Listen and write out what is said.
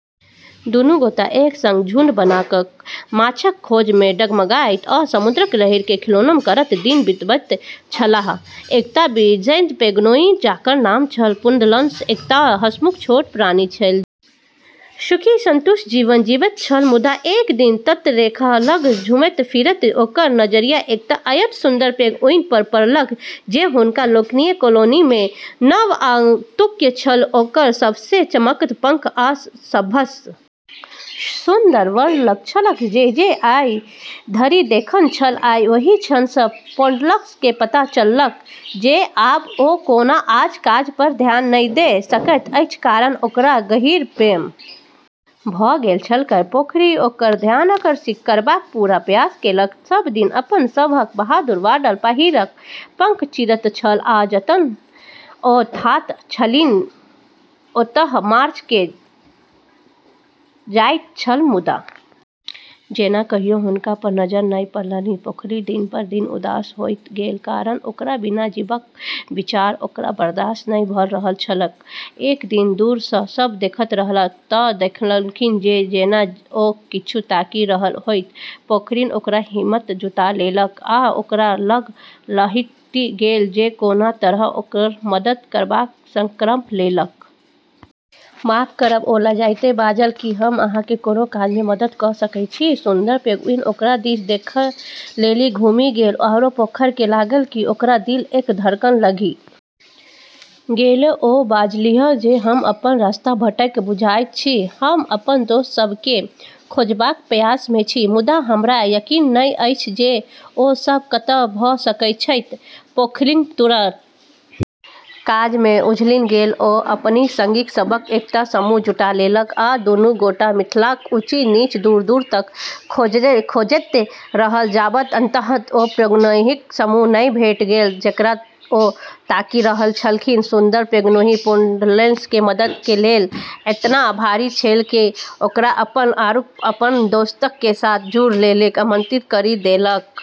दुनू गोटे एक संग झुंड बना क माछक खोज मे डगमगाइत आ समुद्रक लहरि मे खिलौना करैत दिन बिताबैत छलाह, एकटा विशेष पेंगुइन जकर नाम छल पुडल्स, एकटा हंसमुख छोट प्राणी छल जे सुखी, संतुष्ट जीवन जीबैत छल मुदा एक दिन तटरेखा लग घुमैत-फिरैत ओकर नजरि एकटा अत्यंत सुन्दर पेंगुइन पर पड़लैक जे हुनका लोकनिक कॉलोनी मे नव आगंतुक छल ओकर सबसँ चमकैत पंख आ सभसँ सुन्दर वडल छलैक जे ओ आइ धरि देखने छल आ ओहि क्षण सँ पोडल्स केँ पता चललैक जे आब ओ कोनो आन काज पर ध्यान नहि द सकैत अछि कारण ओकरा गहींर प्रेम भ गेल छलैक, पोखरि ओकर ध्यान आकर्षित करबाक पूरा प्रयास केलक, सब दिन अपन सबसँ बहादुर वाडल पहिरि क पंख चीरैत छल आ जतय ओ ठाढ़ छलीह ओतय मार्च क जाइत छल मुदा जेना कहियो हुनका पर नजरि नहि पड़लनि, पोखरि दिन पर दिन उदास होइत गेल, कारण ओकरा बिना जीबाक विचार ओकरा बर्दाश्त नहि भ रहल छलैक, एक दिन दूर सँ देखैत रहलाह तऽ देखलनि जे जेना ओ किछु ताकि रहल होथि, पोखरि ओकर हिम्मत जुटा लेलक आ ओकरा लग लहटि गेल जे कोनो तरहेँ ओकर मदद करबाक संकल्प लेलक। माफ करब ओ लजाइत बाजल, की हम अहाँक कोनो काज मे मदद क सकैत छी? सुन्दर पेंगुइन ओकरा दिस देखै लेली घुमी गेलै आरो पोखर के लागलै कि ओकरो दिल एक धड़कन लंघी गेलै ओ बजलीह जे हम अपन रास्ता भटकल बुझाइत छी, हम अपन दोस्त सभ केँ खोजबाक प्रयास मे छी मुदा हमरा यकीन नहि अछि जे ओ सभ कत भ सकैत छथि, पोखरि तुरन्त काज मे उछलि गेल ओ अपनहि संगी सभक एकटा समूह जुटा लेलक आ दुनू गोटे मिलिकय ऊँच-नीच, दूर-दूर तक खोजैत रहल, जाबत अंततः ओ पेंगुइनक समूह नहि भेटि गेल जेकरा ओ ताकि रहल छलीह, सुन्दर पेंगुइन पुडल्स के मदद के लेलऽ एतना आभारी छेलै कि ओकरा अपनऽ आरू अपनऽ दोस्तऽ के साथ जुड़ै लेली आमंत्रित करी देलकै।